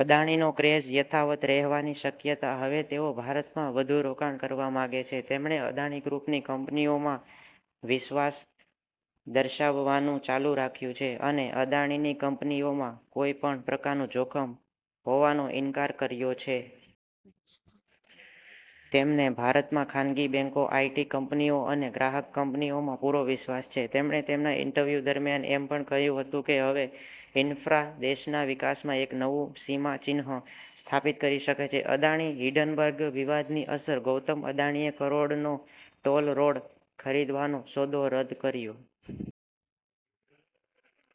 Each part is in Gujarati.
અદાણીનો ક્રેઝ યથાવત રહેવાની શક્યતા. હવે તેઓ ભારતમાં વધુ રોકાણ કરવા માંગે છે. તેમણે અદાણી ગ્રૂપની કંપનીઓમાં વિશ્વાસ દર્શાવવાનું ચાલુ રાખ્યું છે અને અદાણીની કંપનીઓમાં કોઈ પણ પ્રકારનું જોખમ હોવાનો ઈન્કાર કર્યો છે. તેમને ભારતમાં ખાનગી બેંકો, આઈટી કંપનીઓ અને ગ્રાહક કંપનીઓમાં પૂરો વિશ્વાસ છે. તેમણે તેમના ઈન્ટરવ્યુ દરમિયાન એમ પણ કહ્યું હતું કે હવે ઈન્ફ્રા દેશના વિકાસમાં એક નવું સીમાચિહ્ન સ્થાપિત કરી શકે છે. અદાણી હિંડનબર્ગ વિવાદની અસર, ગૌતમ અદાણીએ કરોડનો ટોલ રોડ ખરીદવાનો સોદો રદ કર્યો.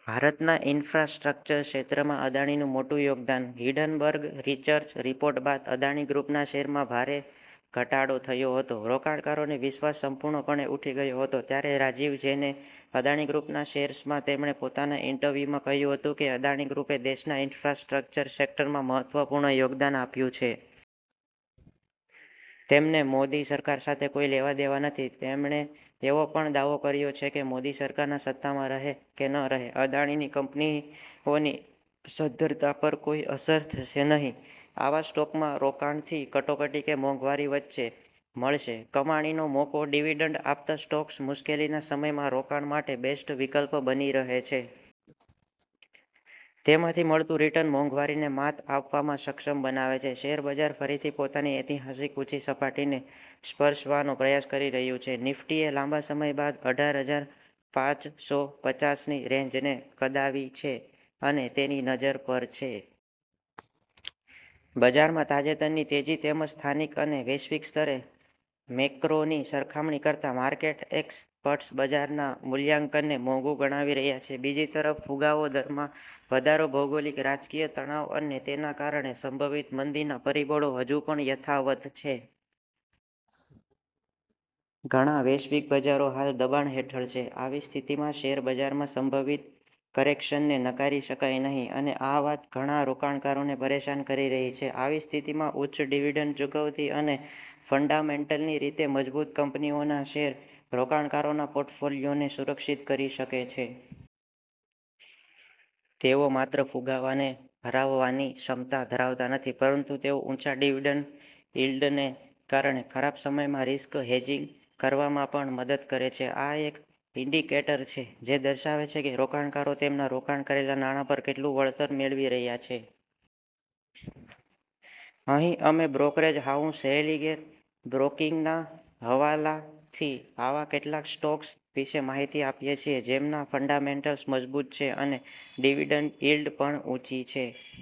ભારતના ઈન્ફ્રાસ્ટ્રક્ચર સેત્રમાં અદાણીનું મોટું યોગદાન. હિંડનબર્ગ રિચર્ચ રિપોર્ટ બાદ અદાણી ગ્રુપના શેરમાં ભારે ઘટાડો થયો હતો. રોકાણકારોને વિશ્વાસ સંપૂર્ણપણે ઉઠી ગયો હતો. ત્યારે રાજીવ જૈને અદાણી ગ્રૂપના શેર્સમાં તેમણે પોતાના ઈન્ટરવ્યુમાં કહ્યું હતુ કે અદાણી ગ્રુપે દેશના ઈન્ફ્રાસ્ટ્રક્ચર સેક્ટરમાં મહત્વપૂર્ણ યોગદાન આપ્યું છે. તેમને મોદી સરકાર સાથે કોઈ લેવાદેવા નથી. તેમણે એવો પણ દાવો કર્યો છે કે મોદી સરકારના સત્તામાં રહે કે ન રહે, અદાણીની કંપનીઓની સદ્ધરતા પર કોઈ અસર થશે નહીં. આવા સ્ટોકમાં રોકાણથી કટોકટી કે મોંઘવારી વચ્ચે મળશે કમાણીનો મોકો, ડિવિડન્ડ આપતા સ્ટોક્સ મુશ્કેલીના સમયમાં રોકાણ માટે બેસ્ટ વિકલ્પ બની રહે છે. તેમાંથી મળતું રિટર્ન મોંઘવારીને માત આપવામાં સક્ષમ બનાવે છે. શેર બજાર ફરીથી પોતાની ઐતિહાસિક ઉંચી સપાટીને સ્પર્શવાનો પ્રયાસ કરી રહ્યું છે. નિફ્ટીએ લાંબા સમય બાદ અઢાર હજાર પાંચસો પચાસની રેન્જને કદાવી છે અને તેની નજર પર છે. બજારમાં તાજેતરની તેજી તેમજ સ્થાનિક અને વૈશ્વિક સ્તરે મેક્રોની સરખામણી કરતાં માર્કેટ એક્સપર્ટ્સ બજારના મૂલ્યાંકનને મોંઘું ગણાવી રહ્યા છે. બીજી તરફ, ફુગાવો, દરમાં વધારો, ભૌગોલિક રાજકીય તણાવ અને તેના કારણે સંભવિત મંદીનાં પરિબળો હજુ પણ યથાવત છે. ઘણા વૈશ્વિક બજારો હાલ દબાણ હેઠળ છે. આવી સ્થિતિમાં શેર બજારમાં સંભવિત કરેક્શનને નકારી શકાય નહીં અને આ વાત ઘણા રોકાણકારોને પરેશાન કરી રહી છે. આવી સ્થિતિમાં ઉચ્ચ ડિવિડન્ડ ચૂકવતી અને ફંડામેન્ટલની રીતે મજબૂત કંપનીઓના શેર રોકાણકારોના પોર્ટફોલિયોને સુરક્ષિત કરી શકે છે. તેઓ માત્ર ફુગાવાને હરાવવાની ક્ષમતા ધરાવતા નથી, પરંતુ તેઓ ઊંચા ડિવિડન્ડ યીલ્ડને કારણે ખરાબ સમયમાં રિસ્ક હેજિંગ કરવામાં પણ મદદ કરે છે. આ એક ઇન્ડિકેટર છે, જે દર્શાવે છે કે રોકાણકારો તેમના રોકાણ કરેલા નાણાં પર કેટલું વળતર મેળવી રહ્યા છે. અહીં અમે બ્રોકરેજ હાઉસ રેલિગેર બ્રોકિંગના હવાલાથી આવા કેટલાક સ્ટોક્સ વિશે માહિતી આપીયે છીએ, જેમના ફંડામેન્ટલ્સ મજબૂત છે અને ડિવિડન્ડ યીલ્ડ પણ ઉંચી છે.